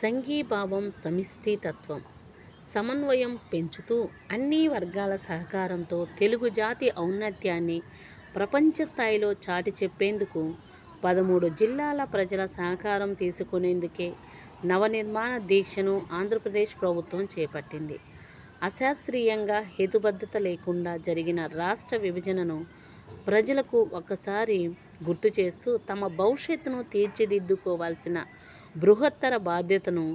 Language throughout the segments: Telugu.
సంఘీభావం, సమిష్టితత్వం, సమన్వయం పెంచుతూ అన్ని వర్గాల సహకారంతో తెలుగు జాతి ఔన్నత్యాన్ని ప్రపంచస్థాయిలో చాటిచెప్పేందుకు పదమూడు జిల్లాల ప్రజల సహకారం తీసుకునేందుకే నవనిర్మాణ దీక్షను ఆంధ్రపద్రేశ్ ప్రభుత్వం చేపట్టింది అశాస్త్రీయంగా, హేతుబద్ధిత లేకుండా జరిగిన రాష్ట్ర విభజనను ప్రజలకు ఒకసారి గుర్తుచేస్తూ తమ భవిష్యత్తును తీర్చిదిద్దుకోవాల్సిన బృహత్తర బాధ్యతను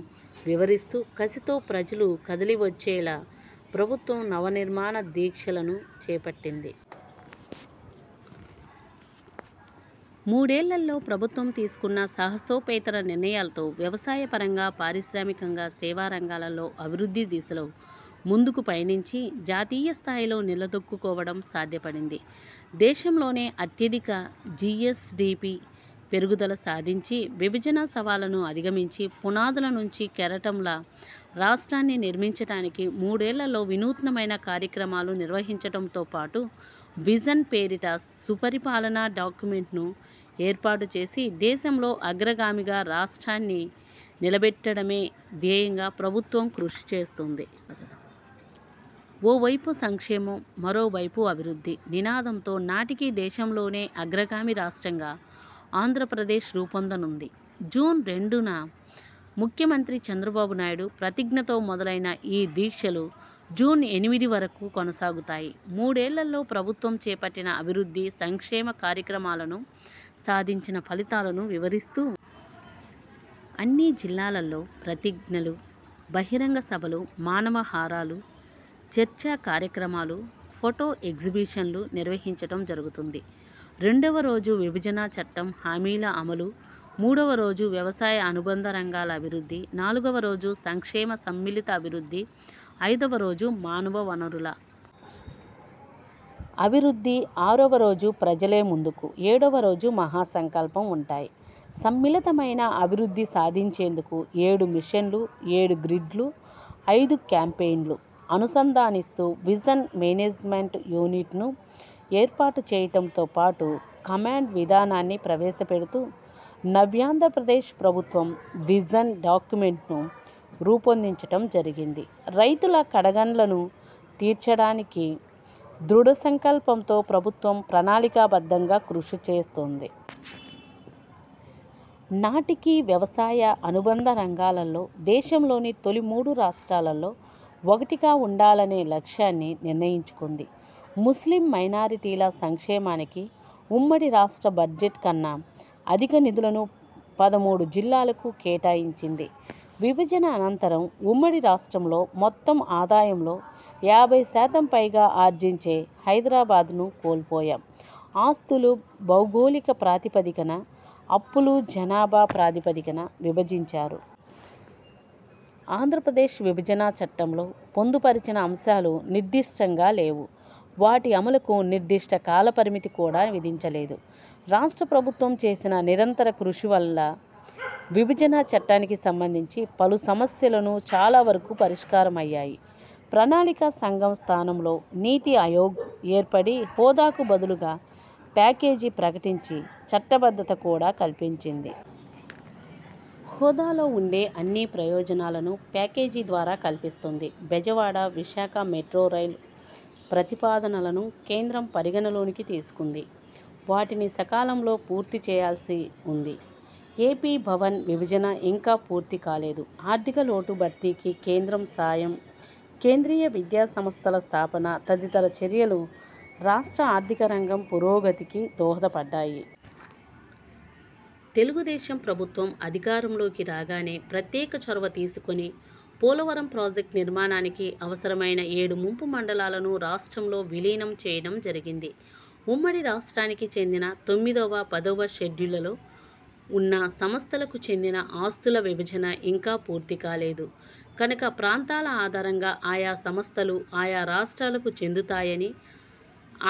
వివరిస్తూ కసితో ప్రజలు కదలివచ్చేలా ప్రభుత్వం నవ నిర్మాణ దీక్షలను చేపట్టింది. మూడేళ్లలో ప్రభుత్వం తీసుకున్న సాహసోపేత నిర్ణయాలతో వ్యవసాయ పరంగా, పారిశ్రామికంగా, సేవారంగాలలో అభివృద్ధి దిశలో ముందుకు పయనించి జాతీయ స్ధాయిలో నిలదొక్కుకోవటం సాధ్యపడింది. దేశంలోనే అత్యధిక జీఎస్డీపీ పెరుగుదల సాధించింది. విభజన సవాళ్ళను అధిగమించి పునాదుల నుంచి కెరటంలా రాష్ట్రాన్ని నిర్మించడానికి మూడేళ్ళలో వినూత్నమైన కార్యక్రమాలు నిర్వహించడంతో పాటు విజన్, పేరిట సుపరిపాలన డాక్యుమెంట్ను ఏర్పాటుచేసి దేశంలో అగ్రగామిగా రాష్ట్రాన్ని నిలబెట్టడమే ధ్యేయంగా ప్రభుత్వం కృషి చేస్తుంది. ఓవైపు సంక్షేమం, మరోవైపు అభివృద్ధి నినాదంతో నాటికి దేశంలోనే అగ్రగామి రాష్ట్రంగా ఆంధ్రప్రదేశ్ రూపొందనుంది. జూన్ రెండున ముఖ్యమంత్రి చంద్రబాబునాయుడు ప్రతిజ్ఞతో మొదలై ఈ దీక్షలు జూన్ ఎనిమిది వరకు కొనసాగుతాయి మూడు ఏళ్లలో ప్రభుత్వం చేపట్టిన అభివృద్ధి, సంక్షేమ కార్యక్రమాలను, సాధించిన ఫలితాలను వివరిస్తూ అన్ని జిల్లాల్లో ప్రతిజ్ఞలు, బహిరంగ సభలు, మానవహారాలు, చర్చా కార్యక్రమాలు, ఫొటో ఎగ్జిబిషన్లు నిర్వహించడం జరుగుతుంది రెండువ రోజు విభజన చట్టం హామీల అమలు, మూడువ రోజు వ్యవసాయ అనుబంధ రంగాల అభివృద్ధి, నాలుగువ రోజు సంక్షేమ సమ్మిళిత అభివృద్ధి, ఐదువ రోజు మానవ వనరుల అభివృద్ధి, ఆరువ రోజు ప్రజలే ముందు, ఏడువ రోజు మహా సంకల్పం ఉంటాయి సమ్మిళితమైన అభివృద్ధి సాధించేందుకు ఏడు మిషన్లు, ఐదు గ్రిడ్లు, ఐదు క్యాంపెయిన్లు అనుసంధానిస్తూ విజన్ మేనేజ్మెంట్ యూనిట్ను ఏర్పాటుచేయడంతో పాటు కమాండ్ విధానాన్ని ప్రవేశపెడుతూ నవ్యాంధ్రప్రదేశ్ ప్రభుత్వం విజన్, డాక్యుమెంట్ను రూపొందించడం జరిగింది రైతుల కడగండ్లను తీర్చటానికి దృఢ సంకల్పంతో ప్రభుత్వం ప్రణాళికాబద్ధంగా కృషిచేస్తోంది. నాటికి వ్యవసాయ, అనుబంధ రంగాల్లో దేశంలోని తొలి మూడు రాష్ట్రాల్లో ఒక్కటిగా ఉండాలనే లక్ష్యాన్ని నిర్ణయించుకుంది. ముస్లిం మైనారిటీల సంక్షేమానికి ఉమ్మడి రాష్ట్ర బడ్జెట్ కన్నా అధిక నిధులను పదమూడు జిల్లాలకు కేటాయించింది విభజన అనంతరం ఉమ్మడి రాష్ట్రంలో మొత్తం ఆదాయంలో యాభై శాతం పైగా ఆర్జించే హైదరాబాద్ను కోల్పోయాం ఆస్తులు భౌగోళిక ప్రాతిపదికన, అప్పులు జనాభా ప్రాతిపదికన విభజించారు. ఆంధ్రప్రదేశ్ విభజన చట్టంలో పొందుపరిచిన అంశాలు నిర్దిష్టంగా లేవు, వాటి అమలుకు నిర్దిష్ట కాలపరిమితి కూడా విధించలేదు. రాష్ట్ర ప్రభుత్వం చేసిన నిరంతర కృషి వల్ల విభజన చట్టానికి సంబంధించి పలు సమస్యలను చాలావరకు పరిష్కారమయ్యాయి. ప్రణాళికా సంఘం స్థానంలో 'నీతిఆయోగ్' ఏర్పడి హోదాకు బదులుగా ప్యాకేజీ ప్రకటించి చట్టబద్ధత కూడా కల్పించింది. హోదాలో ఉండే అన్ని ప్రయోజనాలను ప్యాకేజీ ద్వారా కల్పిస్తోంది. బెజవాడ, విశాఖ మెట్రో రైలు ప్రతిపాదనలను కేంద్రం పరిగణనలోకి తీసుకుంది. వాటిని సకాలంలో పూర్తిచేయాల్సి ఉంది. ఏపీ భవన్ విభజన ఇంకా పూర్తికాలేదు. ఆర్థిక లోటు భర్తీకి కేంద్రం సాయం, కేంద్రీయ విద్యాసంస్థల స్థాపన తదితర చర్యలు రాష్ట్ర ఆర్థిక రంగం పురోగతికి దోహదపడ్డాయి. తెలుగుదేశం ప్రభుత్వం అధికారంలోకి రాగానే ప్రత్యేక చొరవ తీసుకుని పోలవరం ప్రాజెక్టు నిర్మాణానికి అవసరమైన ఏడు ముంపు మండలాలను రాష్ట్రంలో విలీనం చేయడం జరిగింది ఉమ్మడి రాష్ట్రానికి చెందిన తొమ్మిదివ, పదివ షెడ్యూలులో ఉన్న సంస్థలకు చెందిన ఆస్తుల విభజన ఇంకా పూర్తి కాలేదు. కనుక ప్రాంతాల ఆధారంగా ఆయా సంస్థలు, ఆయా రాష్ట్రాలకు చెందుతాయని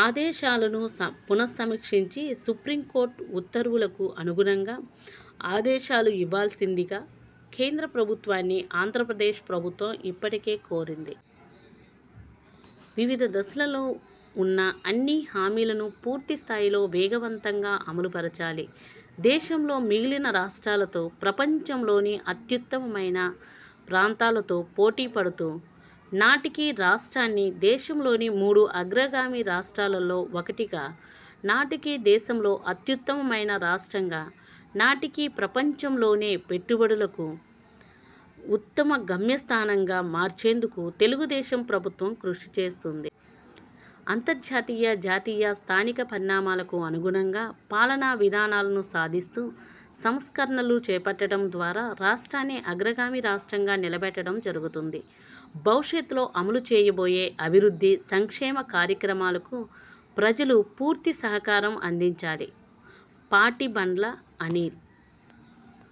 ఆదేశాలను స పునసమీక్షించి సుప్రీంకోర్టు ఉత్తర్వులకు అనుగుణంగా ఆదేశాలు ఇవ్వాల్సిందిగా కేంద్ర ప్రభుత్వాన్ని ఆంధ్రప్రదేశ్ ప్రభుత్వం ఇప్పటికే కోరింది. వివిధ దశల్లో ఉన్న అన్ని హామీలను పూర్తిస్థాయిలో వేగవంతంగా అమలుపరచాలి. దేశంలో మిగిలిన రాష్ట్రాలతో, ప్రపంచంలోని అత్యుత్తమమైన ప్రాంతాలతో పోటీపడుతూ నాటికి రాష్ట్రాన్ని దేశంలోని మూడు అగ్రగామి రాష్ట్రాల్లో ఒకటిగా, నాటికి దేశంలో అత్యుత్తమమైన రాష్ట్రంగా, నాటికి ప్రపంచంలోనే పెట్టుబడులకు ఉత్తమ గమ్యస్థానంగా మార్చేందుకు తెలుగుదేశం ప్రభుత్వం కృషిచేస్తుంది. అంతర్జాతీయ, జాతీయ, స్థానిక పరిణామాలకు అనుగుణంగా పాలనా విధానాలను సాధిస్తూ సంస్కరణలు చేపట్టడం ద్వారా రాష్ట్రాన్ని అగ్రగామి రాష్ట్రంగా నిలబెట్టడం జరుగుతుంది. భవిష్యత్తులో అమలు చేయబోయే అభివృద్ధి, సంక్షేమ కార్యక్రమాలకు ప్రజలు పూర్తి సహకారం అందించాలి. పాటిబండ్ల అనిల్